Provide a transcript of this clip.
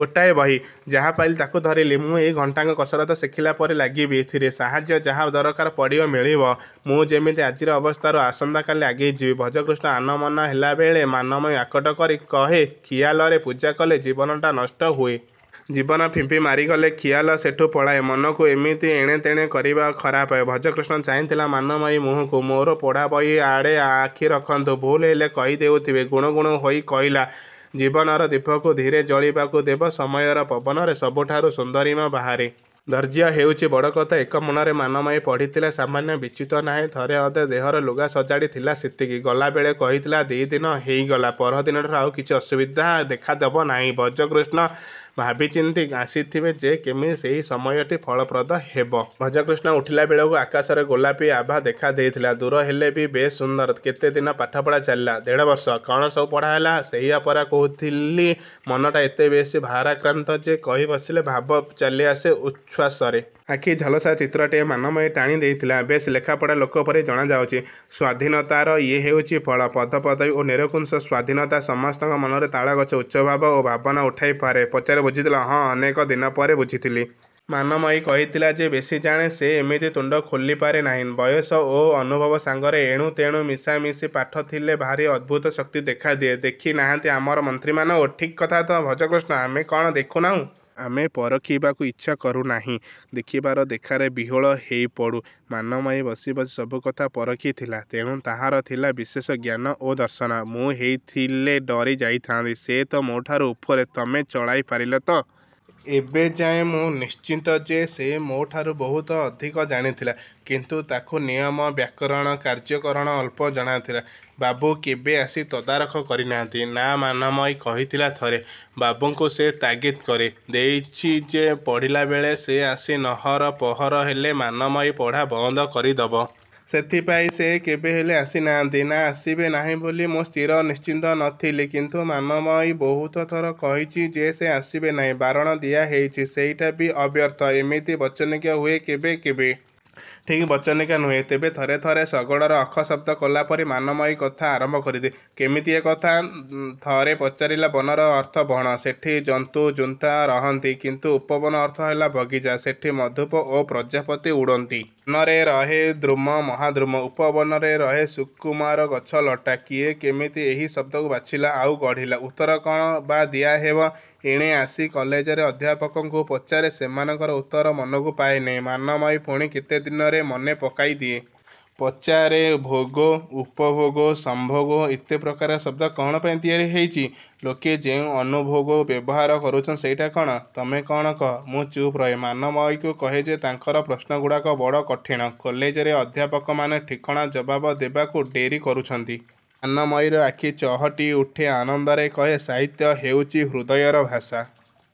–ଗୋଟାଏ ବହି। ଯାହା ପାଇଲି ତା'କୁ ଧରିଲି। ମୁଁ ଏଇ ଘଣ୍ଟାକ କସରତ ଶିଖିଲା ପରି ଲାଗିବି ଏଥିରେ। ସାହାଯ୍ୟ ଯାହା ଦରକାର ପଡ଼ିବ–ମିଳିବ। ମୁଁ ଯେମିତି ଆଜିର ଅବସ୍ଥାରୁ ଆସନ୍ତା କାଲି ଆଗେଇ ଯିବି। ଭଜକୃଷ୍ଣ ଆନମନା ହେଲାବେଳେ ମାନମୟୀ ଆକଟ କରି କହେ–ଖିଆଲରେ ପୂଜା କଲେ ଜୀବନଟା ନଷ୍ଟ ହୁଏ। ଜୀବନ ଫିମ୍ପି ମାରିଗଲେ ଖିଆଲ ସେଠୁ ପଳାଏ। ମନକୁ ଏମିତି ଏଣେତେଣେ କରିବା ଖରାପ। ଭଜକୃଷ୍ଣ ଚାହିଁଥିଲା ମାନମୟୀ ମୁହଁକୁ। –ମୋର ପଢ଼ାବହି ଆଡ଼େ ଆଖି ରଖନ୍ତୁ। ଭୁଲହେଲେ କହିଦେଉଥିବେ। ଗୁଣୁ ଗୁଣୁ ହୋଇ କହିଲା–ଜୀବନର ଦୀପକୁ ଧୀରେ ଜଳିବାକୁ ଦେବ। ସମୟର ପବନରେ ସବୁଠାରେ ସୁନ୍ଦରିମା ବାହାରେ। ଧୈର୍ଯ୍ୟ ହେଉଛି ବଡ଼ କଥା। ଏକ ମନରେ ମାନମୟୀ ପଢ଼ିଥିଲା। ସାମାନ୍ୟ ବିଚ୍ୟୁତ ନାହିଁ। ଥରେ ଅଧେ ଦେହର ଲୁଗା ସଜାଡ଼ି ଥିଲା–ସେତିକି। ଗଲାବେଳେ କହିଥିଲା–ଦି'ଦିନ ହେଇଗଲା। ପରଦିନଠାରୁ ଆଉ କିଛି ଅସୁବିଧା ଦେଖା ଦବନାହିଁ। ଭଜକୃଷ୍ଣ ଭାବିଚିନ୍ତି ଆସିଥିବେ ଯେ କେମିତି ସେଇ ସମୟଟି ଫଳପ୍ରଦ ହେବ। ଭଜକୃଷ୍ଣ ଉଠିଲା ବେଳକୁ ଆକାଶରେ ଗୋଲାପି ଆଭା ଦେଖା ଦେଇଥିଲା–ଦୂର ହେଲେ ବି ବେଶ୍ ସୁନ୍ଦର। –କେତେ ଦିନ ପାଠପଢ଼ା ଚାଲିଲା? –ଦେଢ଼ ବର୍ଷ? –କ'ଣ ସବୁ ପଢ଼ା ହେଲା? –ସେଇଆ ପରା କହୁଥିଲି। ମନଟା ଏତେ ବେଶି ଭାରାକ୍ରାନ୍ତ ଯେ କହି ବସିଲେ ଭାବ ଚାଲିଆସେ ଉଚ୍ଛ୍ୱାସରେ। ଆଖି ଝଲସା ଚିତ୍ରଟିଏ ମାନମୟୀ ଟାଣି ଦେଇଥିଲା। –ବେଶ୍ ଲେଖାପଢ଼ା ଲୋକପରି ଜଣାଯାଉଛି। –ସ୍ୱାଧୀନତାର ଇଏ ହେଉଛି ଫଳ। ପଦପଦବୀ ଓ ନିରୁଙ୍କଶ ସ୍ୱାଧୀନତା ସମସ୍ତଙ୍କ ମନରେ ତାଳଗଛ ଉଚ୍ଚ ଭାବ ଓ ଭାବନା ଉଠାଇ ପାରେ। –ପଚାରି ବୁଝିଥିଲ? –ହଁ, ଅନେକ ଦିନପରେ ବୁଝିଥିଲି। ମାନମୟୀ କହିଥିଲା–ଯେ ବେଶି ଜାଣେ, ସେ ଏମିତି ତୁଣ୍ଡ ଖୋଲିପାରେ ନାହିଁ। ବୟସ ଓ ଅନୁଭବ ସାଙ୍ଗରେ ଏଣୁ ତେଣୁ ମିଶାମିଶି ପାଠ ଥିଲେ ଭାରି ଅଦ୍ଭୁତ ଶକ୍ତି ଦେଖାଦିଏ–ଦେଖି ନାହାନ୍ତି ଆମର ମନ୍ତ୍ରୀମାନଙ୍କୁ। –ଠିକ୍ କଥା ତ, ଭଜକୃଷ୍ଣ। –ଆମେ କ'ଣ ଦେଖୁ ନାହିଁ? ଆମେ ପରଖିବାକୁ ଇଛା କରୁନାହିଁ। ଦେଖିବାର ଦେଖାରେ ବିହ୍ୱଳ ହେଇପଡ଼ୁ। ମାନମୟୀ ବସି ବସି ସବୁ କଥା ପରଖିଥିଲା। ତେଣୁ ତାହାର ଥିଲା ବିଶେଷ ଜ୍ଞାନ ଓ ଦର୍ଶନ। –ମୁଁ ହେଇଥିଲେ ଡରି ଯାଇଥାନ୍ତି। ସେ ତ ମୋ' ଠାରୁ ଉପରେ। ତମେ ଚଳାଇ ପାରିଲ ତ। –ଏବେଯାଏ ମୁଁ ନିଶ୍ଚିତ ଯେ ସେ ମୋ'ଠାରୁ ବହୁତ ଅଧିକ ଜାଣିଥିଲା, କିନ୍ତୁ ତାକୁ ନିୟମ, ବ୍ୟାକରଣ, କାର୍ଯ୍ୟକାରଣ ଅଳ୍ପ ଜଣାଥିଲା। –ବାବୁ କେବେ ଆସି ତଦାରଖ କରି ନାହାନ୍ତି? –ନା, ମାନମୟୀ କହିଥିଲା ଥରେ। ବାବୁଙ୍କୁ ସେ ତାଗିଦ୍ କରି ଦେଇଛି ଯେ ପଢ଼ିଲା ବେଳେ ସେ ଆସି ନହର ପହର ହେଲେ ମାନମୟୀ ପଢ଼ା ବନ୍ଦ କରିଦବ। –ସେଥିପାଇଁ ସେ କେବେ ହେଲେ ଆସି ନାହାନ୍ତି। –ନା, ଆସିବେ ନାହିଁ ବୋଲି ମୁଁ ସ୍ଥିର ନିଶ୍ଚିତ ନ ଥିଲି କିନ୍ତୁ ମାନମୟୀ ବହୁତ ଥର କହିଛି ଯେ ସେ ଆସିବେ ନାହିଁ। ବାରଣ ଦିଆ ହେଇଛି–ସେଇଟା ବି ଅବ୍ୟର୍ଥ। –ଏମିତି ବଚନିକା ହୁଏ କେବେ କେବେ? –ଠିକ୍ ବଚନିକା ନୁହେଁ। ତେବେ ଥରେ ଥରେ ଶଗଡ଼ର ଅଖ ଶବ୍ଦ କଲାପରି ମାନମୟୀ କଥା ଆରମ୍ଭ କରିଦିଏ। –କେମିତିକା କଥା? –ଥରେ ପଚାରିଲା ବନର ଅର୍ଥ ବଣ। ସେଠି ଜନ୍ତୁଜୁନ୍ତା ରହନ୍ତି। କିନ୍ତୁ ଉପବନ ଅର୍ଥ ହେଲା ବଗିଚା–ସେଠି ମଧୁପ ଓ ପ୍ରଜାପତି ଉଡ଼ନ୍ତି। ବନରେ ରହେ ଦ୍ରୁମ–ମହାଦ୍ରୁମ। ଉପବନରେ ରହେ ସୁକୁମାର ଗଛ ଲଟା। କିଏ କେମିତି ଏହି ଶବ୍ଦକୁ ବାଛିଲା? ଆଉ ଗଢ଼ିଲା। –ଉତ୍ତର କ'ଣ ବା ଦିଆହେବ? ଏଣେ ଆସି କଲେଜରେ ଅଧ୍ୟାପକଙ୍କୁ ପଚାରେ। ସେମାନଙ୍କର ଉତ୍ତର ମନକୁ ପାଏନାହିଁ ମାନମୟୀ ପୁଣି କେତେ ଦିନରେ ମନେ ପକାଇଦିଏ। ପଚାରେ ଭୋଗ–ଉପଭୋଗ–ସମ୍ଭୋଗ–ଏତେ ପ୍ରକାରର ଶବ୍ଦ କ'ଣ ପାଇଁ ତିଆରି ହେଇଛି? ଲୋକେ ଯେଉଁ ଅନୁଭୋଗ ବ୍ୟବହାର କରୁଛନ୍ତି–ସେଇଟା କ'ଣ? –ତମେ କ'ଣ କହ? ମୁଁ ଚୁପ୍ ରହେ। ମାନମୟୀକୁ କହେ ଯେ ତାଙ୍କର ପ୍ରଶ୍ନଗୁଡ଼ାକ ବଡ଼ କଠିଣ। କଲେଜରେ ଅଧ୍ୟାପକମାନେ ଠିକଣା ଜବାବ ଦେବାକୁ ଡେରି କରୁଛନ୍ତି। ମାନମୟୀର ଆଖି ଚହଟି ଉଠେ ଆନନ୍ଦରେ କହେ ସାହିତ୍ୟ ହେଉଛି ହୃଦୟର ଭାଷା।